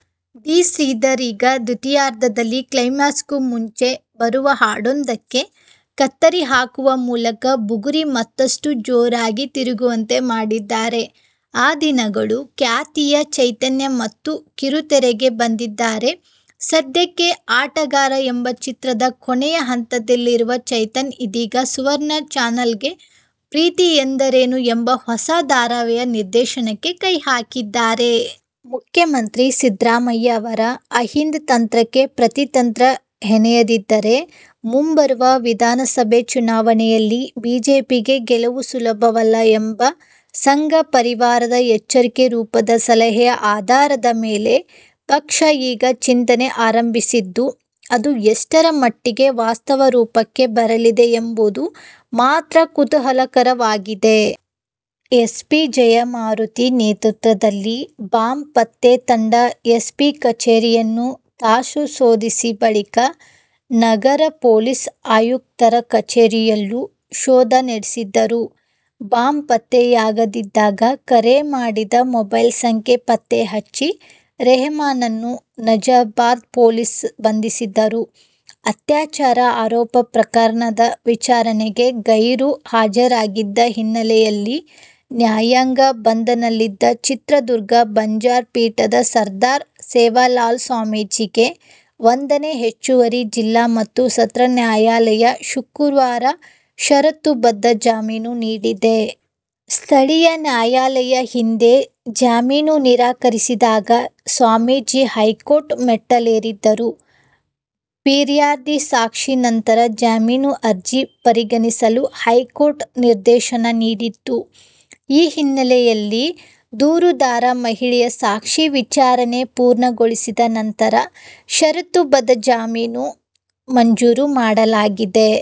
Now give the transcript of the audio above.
D. Sridhar, ಈಗ ದ್ವಿತಿಯಾರ್ಧದಲ್ಲಿ ಕ್ಲೈಮ್ಯಾಕ್ಸ್ಗೂ ಮುಂಚೆ ಬರುವ ಹಾಡೊಂದಕ್ಕೆ ಕತ್ತರಿ ಹಾಕುವ ಮೂಲಕ "ಬುಗುರಿ' ಮತ್ತಷ್ಟು ಜೋರಾಗಿ ತಿರುಗುವಂತೆ ಮಾಡಿದ್ದಾರೆ. "ಆ ದಿನಗಳು' ಖ್ಯಾತಿಯ ಚೈತನ್ಯ ಮತ್ತೂಮ್ಮೆ ಕಿರುತೆರೆಗೆ ಬಂದಿದ್ದಾರೆ. ಸದ್ಯಕ್ಕೆ "ಆಟಗಾರ' ಎಂಬ ಚಿತ್ರದ ಕೊನೆಯ ಹಂತದಲ್ಲಿರುವ ಚೈತನ್ಯ ಇದೀಗ ಸುವರ್ಣ ಚಾನಲ್ಗಾಗಿ "ಪ್ರೀತಿ ಎಂದರೇನು' ಎಂಬ ಹೊಸ ಧಾರಾವಾಹಿಯ ನಿರ್ದೇಶನಕ್ಕೆ ಕೈ ಹಾಕಿದ್ದಾರೆ. ಮುಖ್ಯಮಂತ್ರಿ ಸಿದ್ದರಾಮಯ್ಯ ಅವರ ಅಹಿಂದ ತಂತ್ರಕ್ಕೆ ಪ್ರತಿತಂತ್ರ ಹೆಣೆಯದಿದ್ದರೆ ಮುಂಬರುವ ವಿಧಾನಸಭೆ ಚುನಾವಣೆಯಲ್ಲಿ ಬಿಜೆಪಿಗೆ ಗೆಲುವು ಸುಲಭವಲ್ಲ ಎಂಬ ಸಂಘ ಪರಿವಾರದ ಎಚ್ಚರಿಕೆ ರೂಪದ ಸಲಹೆಯ ಆಧಾರದ ಮೇಲೆ ಪಕ್ಷ ಈಗ ಚಿಂತನೆ ಆರಂಭಿಸಿದ್ದು, ಅದು ಎಷ್ಟರ ಮಟ್ಟಿಗೆ ವಾಸ್ತವ ರೂಪಕ್ಕೆ ಬರಲಿದೆ ಎಂಬುದು ಮಾತ್ರ ಕುತೂಹಲಕರವಾಗಿದೆ. ಎಸಿಪಿ ಜಯಮಾರುತಿ ನೇತೃತ್ವದಲ್ಲಿ ಬಾಂಬ್ ಪತ್ತೆ ತಂಡ ಎಸ್ಪಿ ಕಚೇರಿಯನ್ನು ತಾಸು ಶೋಧಿಸಿ, ಬಳಿಕ ನಗರ ಪೊಲೀಸ್ ಆಯುಕ್ತರ ಕಚೇರಿಯಲ್ಲೂ ಶೋಧ ನಡೆಸಿದ್ದರು. ಬಾಂಬ್ ಪತ್ತೆಯಾಗದಿದ್ದಾಗ ಕರೆ ಮಾಡಿದ ಮೊಬೈಲ್ ಸಂಖ್ಯೆ ಪತ್ತೆ ಹಚ್ಚಿ, ರೆಹಮಾನ್ನನ್ನು ನಜರ್ಬಾದ್ ಪೊಲೀಸರು ಬಂಧಿಸಿದರು. ಅತ್ಯಾಚಾರ ಆರೋಪ ಪ್ರಕರಣದ ವಿಚಾರಣೆಗೆ ಗೈರು ಹಾಜರಾಗಿದ್ದ ಹಿನ್ನೆಲೆಯಲ್ಲಿ ನ್ಯಾಯಾಂಗ ಬಂಧನದಲ್ಲಿದ್ದ ಚಿತ್ರದುರ್ಗ ಬಂಜಾರ ಪೀಠದ ಸರ್ದಾರ ಸೇವಾಲಾಲ್ ಸ್ವಾಮೀಜಿಗೆ ಒಂದನೇ ಹೆಚ್ಚುವರಿ ಜಿಲ್ಲಾ ಮತ್ತು ಸತ್ರ ನ್ಯಾಯಾಲಯ ಶುಕ್ರವಾರ ಷರತ್ತುಬದ್ಧ ಜಾಮೀನು ನೀಡಿದೆ. ಸ್ಥಳೀಯ ನ್ಯಾಯಾಲಯ ಈ ಹಿಂದೆ ಜಾಮೀನು ನಿರಾಕರಿಸಿದಾಗ ಸ್ವಾಮೀಜಿ, ಹೈಕೋರ್ಟ್ ಮೆಟ್ಟಿಲೇರಿದ್ದರು. ಪಿರ್ಯಾದಿ ಸಾಕ್ಷಿ ನಂತರ ಜಾಮೀನು ಅರ್ಜಿ ಪರಿಗಣಿಸಲು ಹೈಕೋರ್ಟ್ ನಿರ್ದೇಶನ ನೀಡಿತ್ತು. ಈ ಹಿನ್ನೆಲೆಯಲ್ಲಿ ದೂರುದಾರ ಮಹಿಳೆಯ ಸಾಕ್ಷಿ ವಿಚಾರಣೆ ಪೂರ್ಣಗೊಳಿಸಿದ ನಂತರ ಷರತ್ತುಬದ್ಧ ಜಾಮೀನು ಮಂಜೂರು ಮಾಡಲಾಗಿದೆ.